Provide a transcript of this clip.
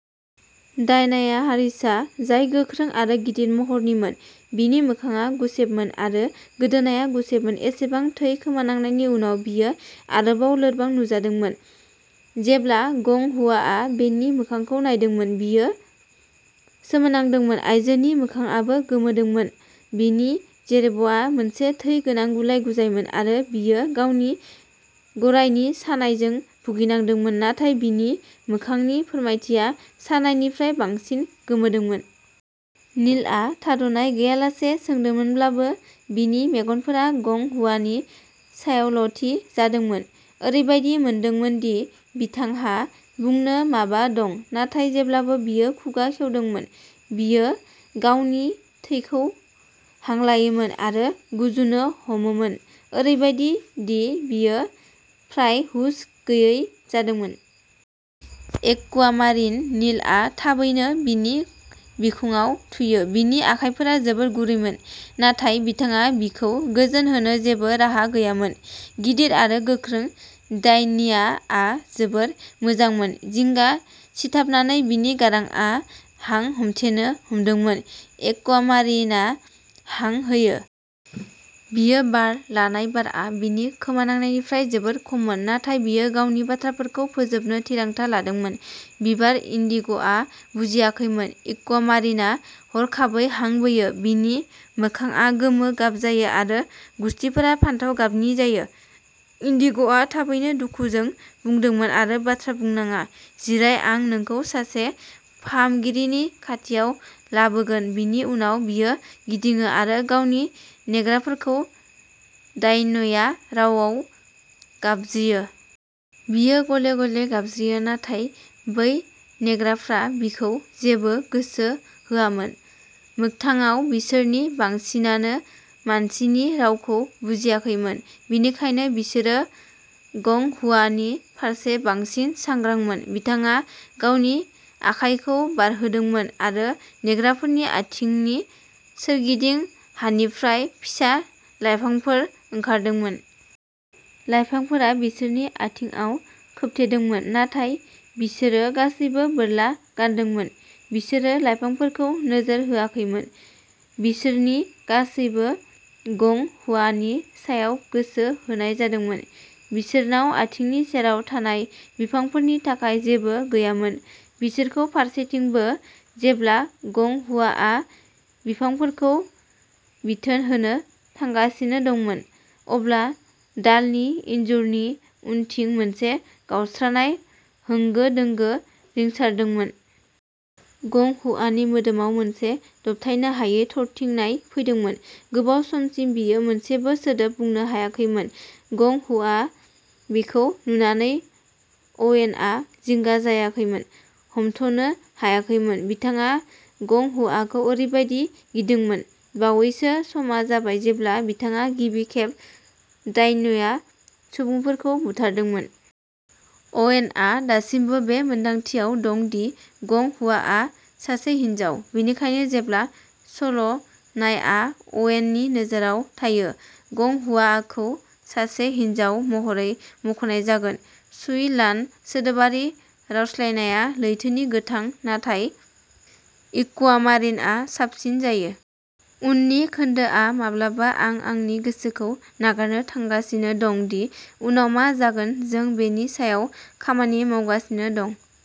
दायनाया हारिसा, जाय गोख्रों आरो गिदिर महरनिमोन। बिनि मोखांआ गुसेबमोन, आरो गोदोनाया गुसेबमोन। एसेबां थै खोमानांनायनि उनाव, बियो आरोबाव लोरबां नुजादोंमोन। जेब्ला गं हुआआ बिनि मोखांखौ नायदोंमोन, बियो सोमोनांदोंमोन। आइजोनि मोखांआबो गोमोदोंमोन। बिनि जेरबाआ मोनसे थै गोनां गुलाय-गुजायमोन, आरो बियो गावनि गारायनि सानायजों भुगिनांदोंमोन, नाथाय बिनि मोखांनि फोरमायथिया सानायनिफ्राय बांसिन गोमोदोंमोन। नीलआ थाद'नाय गैयालासे सोंदोंमोनब्लाबो, बिनि मेगनफोरा गं हुआनि सायावल'थि जादोंमोन। ओरैबायदि मोनदोंमोन दि बिथांहा बुंनो माबा दं। नाथाय जेब्लानो बियो खुगा खेवदोंमोन, बियो गावनि थैखौ हांलायोमोन आरो गुजुनो हमोमोन, ओरैबादि दि बियो फ्राय हुस गैयै जादोंमोन। एक्वामारिन नीलआ थाबैनो बिनि बिखुङाव थुयो, बिनि आखाइफोरा जोबोद गुरैमोन। नाथाय बिथाङा बिखौ गोजोन होनो जेबो राहा गैयामोन। गिदिर आरो गोख्रों दायनियाआ जोबोद मोजांमोन। जिंगा सिथाबनानै बिनि गारांआ हां हमथेनो हमदोंमोन। एक्वामारिना हां होयो। बियो बार लानाय बारआ बिनि खोमानांनायनिफ्राय जोबोद खममोन, नाथाय बियो गावनि बाथ्राफोरखौ फोजोबनो थिरांथा लादोंमोन। बिबार, इन्डिग'आ बुजियाखैमोन। एक्वामारिना हरखाबै हां बोयो, बिनि मोखांआ गोमो गाब जायो, आरो गुसथिफोरा फान्थाव गाबनि जायो। इन्डिग'आ थाबैनो दुखुजों बुंदोंमोन, आरो बाथ्रा बुंनाङा, जिराय आं नोंखौ सासे फाहामगिरिनि खाथियाव लाबोगोन बिनि उनाव बियो गिदिङो आरो गावनि नेग्राफोरखौ दायनुया रावआव गाबज्रियो। बियो गले-गले गाबज्रियो, नाथाय बै नेग्राफ्रा बिखौ जेबो गोसो होआमोन। मोगथाङाव, बिसोरनि बांसिनानो मानसिनि रावखौ बुजियाखैमोन। बिनिखायनो बिसोरो गं हुआनि फारसे बांसिन सांग्रांमोन। बिथाङा गावनि आखायखौ बारहोदोंमोन, आरो नेग्राफोरनि आथिंनि सोरगिदिं हानिफ्राय फिसा लायफांफोर ओंखारदोंमोन। लायफांफोरा बिसोरनि आथिंआव खोबथेदोंमोन, नाथाय बिसोरो गासैबो बोरला गानदोंमोन, बिसोरो लायफांफोरखौ नोजोर होआखैमोन। बिसोरनि गासैबो। गं हुआनि सायाव गोसो होनाय जादोंमोन, बिसोरनाव आथिंनि सेराव थानाय बिफांफोरनि थाखाय जेबो गैयामोन। बिसोरखौ फारसेथिं बो। जेब्ला गं हुआआ बिफांफोरखौ बिथोन होनो थांगासिनो दंमोन, अब्ला दालनि इनजुरनि उनथिं मोनसे गावस्रानाय होंगो दोंगो रिंसारदोंमोन। गं हुआनि मोदोमाव मोनसे दबथायनो हायै थरथिंनाय फैदोंमोन। गोबाव समसिम, बियो मोनसेबो सोदोब बुंनो हायाखैमोन। गं हुआ बेखौ नुनानै, अवेनआ जिंगा जानायखौ हमथ'नो हायाखैमोन। बिथाङा गं हुआखौ ओरैबादि गिदोंमोन। बावैसोनि समा जाबाय जेब्ला बिथाङा गिबि खेब दायनुया सुबुंफोरखौ बुथारदोंमोन। अवेनआ दासिमबो बे मोनदांथियाव दं दि गं हुआआ सासे हिनजाव। बिनिखायनो जेब्ला सल'नायआ अवेननि नोजोराव थायो, गं हुआखौ सासे हिनजाव महरै मुंख'नाय जागोन।, शुइ लान। सोदोबारि रावस्लायनाया लैथोनि गोथां, नाथाय एक्वामारिनआ साबसिन जायो। उननि खोन्दोआ माब्लाबा आं आंनि गोसोखौ नागारनो थांगासिनो दं दि उनाव मा जागोन जों बेनि सायाव खामानि मावगासिनो दं।